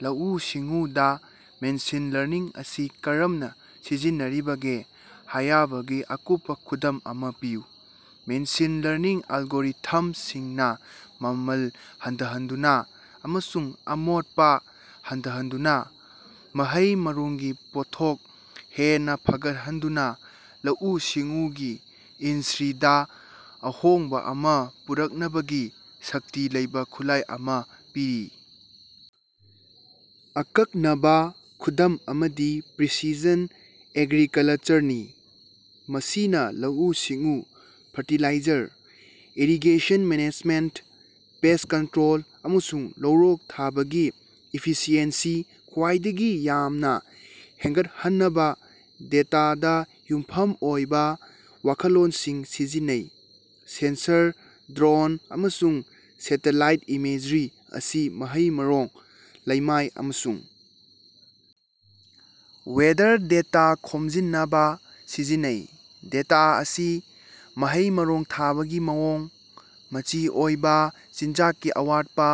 ꯂꯧꯑꯨ-ꯁꯤꯡꯑꯨꯗꯥ machine learning ꯑꯁꯤ ꯀꯔꯝꯅꯥ ꯁꯤꯖꯤꯟꯅꯔꯤꯕꯒꯦ ꯍꯥꯌꯕꯒꯤ ꯑꯀꯨꯞꯄꯥ ꯈꯨꯗꯝ ꯑꯃꯥ ꯄꯤꯌꯨ꯫ ꯃꯦꯁꯤꯟ ꯂꯔꯅꯤꯡ ꯑꯜꯒꯣꯔꯤꯊꯝꯁꯤꯡꯅꯥ ꯃꯃꯜ ꯍꯟꯊꯍꯟꯗꯨꯅꯥ ꯑꯃꯁꯨꯡ ꯑꯃꯣꯠꯄꯥ ꯍꯟꯊꯍꯟꯗꯨꯅꯥ ꯃꯍꯩ-ꯃꯔꯣꯡꯒꯤ ꯄꯣꯠꯊꯣꯛ ꯍꯦꯟꯅꯥ ꯐꯒꯠꯍꯟꯗꯨꯅꯥ ꯂꯧꯑꯨ-ꯁꯤꯡꯑꯨꯒꯤ ꯏꯟꯁ꯭ꯔꯤꯗꯥ ꯑꯍꯣꯡꯕꯥ ꯑꯃꯥ ꯄꯨꯔꯛꯅꯕꯒꯤ ꯁꯛꯇꯤ ꯂꯩꯕꯥ ꯈꯨꯠꯂꯥꯏ ꯑꯃꯥ ꯄꯤꯔꯤ꯫ ꯑꯀꯛꯅꯕꯥ ꯈꯨꯗꯝ ꯑꯃꯗꯤ ꯄ꯭ꯔꯤꯁꯤꯁꯟ ꯑꯦꯒ꯭ꯔꯤꯀꯂꯆꯔꯅꯤ, ꯃꯁꯤꯅꯥ ꯂꯧꯑꯨ-ꯁꯤꯡꯑꯨ, fertiliser, irrigation management, pest control, ꯑꯃꯁꯨꯡ ꯂꯧꯔꯣꯛ ꯊꯥꯕꯒꯤ ꯏꯐꯤꯁꯤꯑꯦꯟꯁꯤ ꯈ꯭ꯋꯥꯏꯗꯒꯤ ꯌꯥꯝꯅꯥ ꯍꯦꯟꯒꯠꯍꯟꯅꯕꯥ ꯗꯦꯇꯥꯗꯥ ꯌꯨꯝꯐꯝ ꯑꯣꯏꯕꯥ ꯋꯥꯈꯜꯂꯣꯟꯁꯤꯡ ꯁꯤꯖꯤꯟꯅꯩ꯫ ꯁꯦꯟꯁꯔ, ꯗ꯭ꯔꯣꯟ, ꯑꯃꯁꯨꯡ ꯁꯦꯇꯦꯂꯥꯏꯠ ꯏꯃꯦꯖ꯭ꯔꯤ ꯑꯁꯤ ꯃꯍꯩ-ꯃꯔꯣꯡ, ꯂꯩꯃꯥꯏ ꯑꯃꯁꯨꯡ ꯋꯦꯗꯔ ꯗꯦꯇꯥ ꯈꯣꯝꯖꯤꯟꯅꯕꯥ ꯁꯤꯖꯤꯟꯅꯩ꯫ ꯗꯦꯇꯥ ꯑꯁꯤ ꯃꯍꯩ-ꯃꯔꯣꯡ ꯊꯥꯕꯒꯤ ꯃꯑꯣꯡ, ꯃꯆꯤ ꯑꯣꯏꯕꯥ ꯆꯤꯟꯖꯥꯛꯀꯤ ꯑꯋꯥꯠꯄꯥ,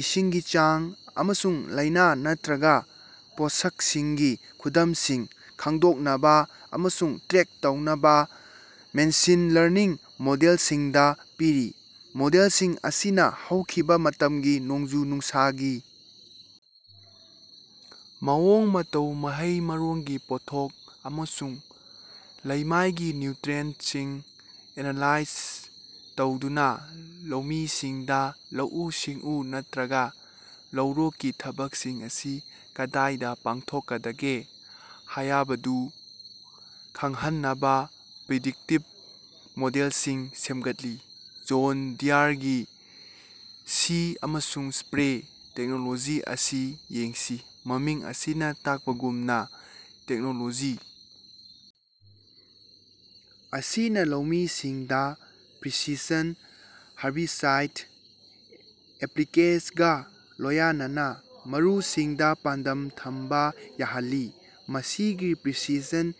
ꯏꯁꯤꯡꯒꯤ ꯆꯥꯡ, ꯑꯃꯁꯨꯡ ꯂꯥꯏꯅꯥ ꯅꯠꯇ꯭ꯔꯒꯥ ꯄꯣꯠꯁꯛꯁꯤꯡꯒꯤ ꯈꯨꯗꯝꯁꯤꯡ ꯈꯡꯗꯣꯛꯅꯕꯥ ꯑꯃꯁꯨꯡ ꯇ꯭ꯔꯦꯛ ꯇꯧꯅꯕꯥ ꯃꯦꯁꯤꯟ ꯂꯔꯅꯤꯡ ꯃꯣꯗꯦꯜꯁꯤꯡꯗꯥ ꯄꯤꯔꯤ꯫ ꯃꯣꯗꯦꯜꯁꯤꯡ ꯑꯁꯤꯅꯥ ꯍꯧꯈꯤꯕꯥ ꯃꯇꯝꯒꯤ ꯅꯣꯡꯖꯨ-ꯅꯨꯡꯁꯥꯒꯤ ꯃꯑꯣꯡ-ꯃꯇꯧ, ꯃꯍꯩ-ꯃꯔꯣꯡꯒꯤ ꯄꯣꯠꯊꯣꯛ, ꯑꯃꯁꯨꯡ ꯂꯩꯃꯥꯏꯒꯤ ꯅ꯭ꯌꯨꯇ꯭ꯔꯤꯑꯦꯟꯇꯁꯤꯡ ꯑꯦꯅꯥꯂꯥꯏꯖ ꯇꯧꯗꯨꯅꯥ ꯂꯧꯃꯤꯁꯤꯡꯗꯥ ꯂꯧꯑꯨ-ꯁꯤꯡꯑꯨ ꯅꯠꯇ꯭ꯔꯥꯒ ꯂꯧꯔꯣꯛꯀꯤ ꯊꯕꯛꯁꯤꯡ ꯑꯁꯤ ꯀꯗꯥꯏꯗꯥ ꯄꯥꯡꯊꯣꯛꯀꯗꯒꯦ ꯍꯥꯌꯕꯗꯨ ꯈꯡꯍꯟꯅꯕꯥ ꯄ꯭ꯔꯤꯗꯤꯛꯇꯤꯚ ꯃꯣꯗꯦꯂꯁꯤꯡ ꯁꯦꯝꯒꯠꯂꯤ꯫ ꯖꯣꯟ ꯗꯤꯌꯔꯒꯤ "ꯁꯤ ꯑꯃꯁꯨꯡ ꯁꯄ꯭ꯔꯦ" ꯇꯦꯛꯅꯣꯂꯣꯖꯤ ꯑꯁꯤ ꯌꯦꯡꯁꯤ꯫ ꯃꯃꯤꯡ ꯑꯁꯤꯅꯥ ꯇꯥꯛꯄꯒꯨꯝꯅꯥ ꯇꯦꯛꯅꯣꯂꯣꯖꯤ ꯑꯁꯤꯅꯥ ꯂꯧꯃꯤꯁꯤꯡꯗꯥ ꯄ꯭ꯔꯤꯁꯤꯁꯟ ꯍꯥꯔꯕꯤꯁꯥꯏꯗ ꯑꯦꯄ꯭ꯂꯤꯀꯦꯁꯒ ꯂꯣꯌꯅꯅꯥ ꯃꯔꯨꯁꯤꯡꯗꯥ ꯄꯥꯟꯗꯝ ꯊꯝꯕꯥ ꯌꯥꯍꯜꯂꯤ꯫ ꯃꯁꯤꯒꯤ ꯄ꯭ꯔꯤꯁꯤꯁꯟ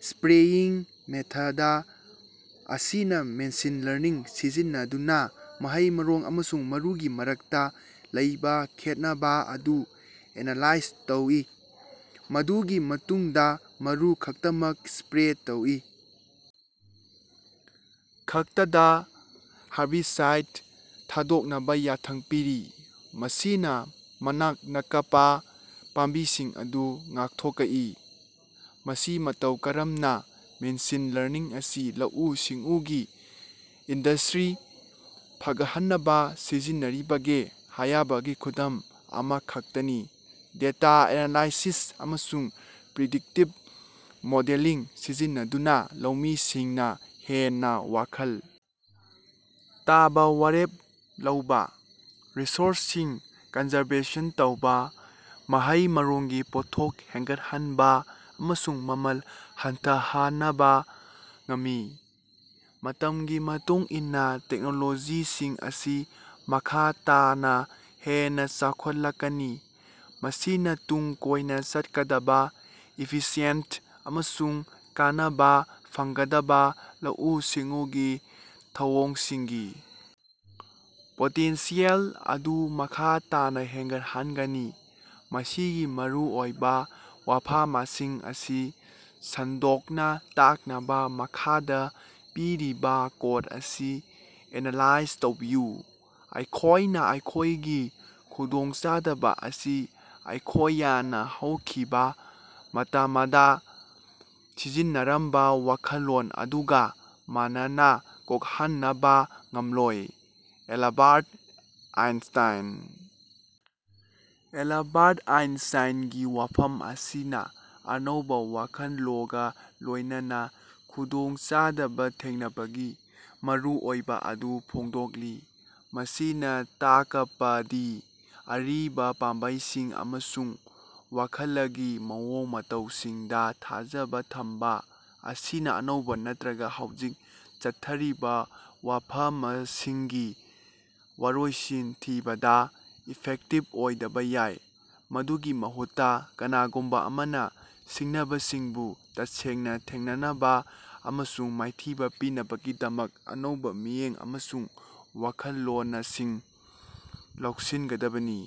ꯁꯄ꯭ꯔꯦꯌꯤꯡ ꯃꯦꯊꯗ ꯑꯁꯤꯅꯥ ꯃꯦꯁꯤꯟ ꯂꯔꯅꯤꯡ ꯁꯤꯖꯤꯟꯅꯗꯨꯅꯥ ꯃꯍꯩ-ꯃꯔꯣꯡ ꯑꯃꯁꯨꯡ ꯃꯔꯨꯒꯤ ꯃꯔꯛꯇꯥ ꯂꯩꯕꯥ ꯈꯦꯠꯅꯕꯥ ꯑꯗꯨ ꯑꯦꯅꯥꯂꯥꯏꯖ ꯇꯧꯏ ꯃꯗꯨꯒꯤ ꯃꯇꯨꯡꯗꯥ ꯃꯔꯨ ꯈꯛꯇꯃꯛ ꯁꯄ꯭ꯔꯦ ꯇꯧꯏ꯫ ꯈꯛꯇꯗꯥ ꯍꯥꯔꯕꯤꯁꯥꯏꯗ ꯊꯥꯗꯣꯛꯅꯕꯥ ꯌꯥꯊꯪ ꯄꯤꯔꯤ, ꯃꯁꯤꯅꯥ ꯃꯅꯥꯛ ꯅꯀꯄꯥ ꯄꯥꯝꯕꯤꯁꯤꯡ ꯑꯗꯨ ꯉꯥꯛꯊꯣꯀꯏ꯫ ꯃꯁꯤ ꯃꯇꯧ ꯀꯔꯝꯅꯥ ꯃꯦꯁꯤꯟ ꯂꯔꯅꯤꯡ ꯑꯁꯤ ꯂꯧꯑꯨ-ꯁꯤꯡꯑꯨꯒꯤ ꯏꯟꯗꯁ꯭ꯔꯤ ꯐꯒꯠꯍꯟꯅꯕꯥ ꯁꯤꯖꯤꯟꯅꯔꯤꯕꯒꯦ ꯍꯥꯌꯕꯒꯤ ꯈꯨꯗꯝ ꯑꯃꯈꯛꯇꯅꯤ꯫ ꯗꯦꯇꯥ ꯑꯦꯅꯥꯂꯥꯏꯁꯤꯁ ꯑꯃꯁꯨꯡ ꯄ꯭ꯔꯤꯗꯤꯛꯇꯤꯚ ꯃꯣꯗꯦꯂꯤꯡ ꯁꯤꯖꯤꯟꯅꯗꯨꯅꯥ ꯂꯧꯃꯤꯁꯤꯡꯅꯥ ꯍꯦꯟꯅꯥ ꯋꯥꯈꯜ ꯇꯥꯕꯥ ꯋꯥꯔꯦꯞ ꯂꯧꯕꯥ, ꯔꯤꯁꯣꯔꯁꯁꯤꯡ ꯀꯟꯖꯔꯕꯦꯁꯟ ꯇꯧꯕꯥ, ꯃꯍꯩ-ꯃꯔꯣꯡꯒꯤ ꯄꯣꯠꯊꯣꯛ ꯍꯦꯒꯠꯍꯟꯕꯥ ꯑꯃꯁꯨꯡ ꯃꯃꯜ ꯍꯟꯊꯍꯅꯕꯥ ꯉꯝꯃꯤ꯫ ꯃꯇꯝꯒꯤ ꯃꯇꯨꯡ ꯏꯟꯅꯥ ꯇꯦꯛꯅꯣꯂꯣꯖꯤꯁꯤꯡ ꯑꯁꯤ ꯃꯈꯥ ꯇꯥꯅꯥ ꯍꯦꯟꯅꯥ ꯆꯥꯎꯈꯠꯂꯛꯀꯅꯤ, ꯃꯁꯤꯅꯥ ꯇꯨꯡ ꯀꯣꯏꯅꯥ ꯆꯠꯀꯗꯕꯥ, ꯏꯐꯤꯁꯤꯌꯦꯟꯇ ꯑꯃꯁꯨꯡ ꯀꯥꯟꯅꯕꯥ ꯐꯪꯒꯗꯕꯥ ꯂꯧꯑꯨꯨ-ꯁꯤꯡꯨꯒꯤ ꯊꯧꯑꯣꯡꯁꯤꯡꯒꯤ ꯄꯣꯇꯦꯟꯁꯤꯌꯦꯜ ꯑꯗꯨ ꯃꯈꯥ ꯇꯥꯅꯥ ꯍꯦꯟꯒꯠꯍꯟꯒꯅꯤ꯫ ꯃꯁꯤꯒꯤ ꯃꯔꯨꯑꯣꯏꯕꯥ ꯋꯥꯐꯃꯁꯤꯡ ꯑꯁꯤ ꯁꯟꯗꯣꯛꯅꯥ ꯇꯥꯛꯅꯕꯥ ꯃꯈꯥꯗꯥ ꯄꯤꯔꯤꯕꯥ ꯀꯣꯠ ꯑꯁꯤ ꯑꯦꯅꯥꯂꯥꯏꯖ ꯇꯧꯕꯤꯌꯨ꯫ "ꯑꯩꯈꯣꯏꯅꯥ ꯑꯩꯈꯣꯏꯒꯤ ꯈꯨꯗꯣꯡ ꯆꯥꯗꯕ ꯑꯁꯤ ꯑꯩꯈꯣꯌꯅꯥ ꯍꯧꯈꯤꯕꯥ ꯃꯇꯃꯗꯥ ꯁꯤꯖꯤꯟꯅꯔꯝꯕꯥ ꯋꯥꯈꯜꯂꯣꯟ ꯑꯗꯨꯒꯥ ꯃꯥꯟꯅꯅꯥ ꯀꯣꯛꯍꯟꯅꯕꯥ ꯉꯝꯂꯣꯏ꯫" Albert Einstein. ꯑꯦꯂꯕꯥꯔꯠ ꯑꯥꯏꯟꯁꯥꯏꯟꯒꯤ ꯋꯥꯐꯝ ꯑꯁꯤꯅꯥ ꯑꯅꯧꯕꯥ ꯋꯥꯈꯜꯂꯣꯒ ꯂꯣꯏꯅꯅꯥ ꯈꯨꯗꯣꯡ ꯆꯥꯗꯕ ꯊꯦꯡꯅꯕꯒꯤ ꯃꯔꯨꯑꯣꯏꯕꯥ ꯑꯗꯨ ꯐꯣꯡꯗꯣꯛꯂꯤ꯫ ꯃꯁꯤꯅꯥ ꯇꯥꯀꯄꯗꯤ ꯑꯔꯤꯕꯥ ꯄꯥꯝꯕꯩꯁꯤꯡ ꯑꯃꯁꯨꯡ ꯋꯥꯈꯂꯒꯤ ꯃꯑꯣꯡ ꯃꯇꯧꯁꯤꯡꯗꯥ ꯊꯥꯖꯕꯥ ꯊꯝꯕꯥ ꯑꯁꯤꯅꯥ ꯑꯅꯧꯕꯥ ꯅꯠꯇ꯭ꯔꯒꯥ ꯍꯧꯖꯤꯛ ꯆꯠꯊꯔꯤꯕꯥ ꯋꯥꯐꯃꯁꯤꯡꯒꯤ ꯋꯔꯣꯏꯁꯤꯟ ꯊꯤꯕꯗꯥ ꯏꯐꯦꯛꯇꯤꯕ ꯑꯣꯏꯗꯕꯥ ꯌꯥꯏ꯫ ꯃꯗꯨꯒꯤ ꯃꯍꯨꯠꯇꯥ, ꯀꯅꯥꯒꯨꯝꯕꯥ ꯑꯃꯅꯥ ꯁꯤꯡꯅꯕꯁꯤꯡꯕꯨ ꯇꯁꯦꯡꯅꯥ ꯊꯦꯡꯅꯅꯕꯥ ꯑꯃꯁꯨꯡ ꯃꯥꯏꯊꯤꯕꯥ ꯄꯤꯅꯕꯒꯤꯗꯃꯛ ꯑꯅꯧꯕꯥ ꯃꯤꯠꯌꯦꯡ ꯑꯃꯁꯨꯡ ꯋꯥꯈꯜꯂꯣꯅꯁꯤꯡ ꯂꯧꯁꯤꯟꯒꯗꯕꯅꯤ꯫।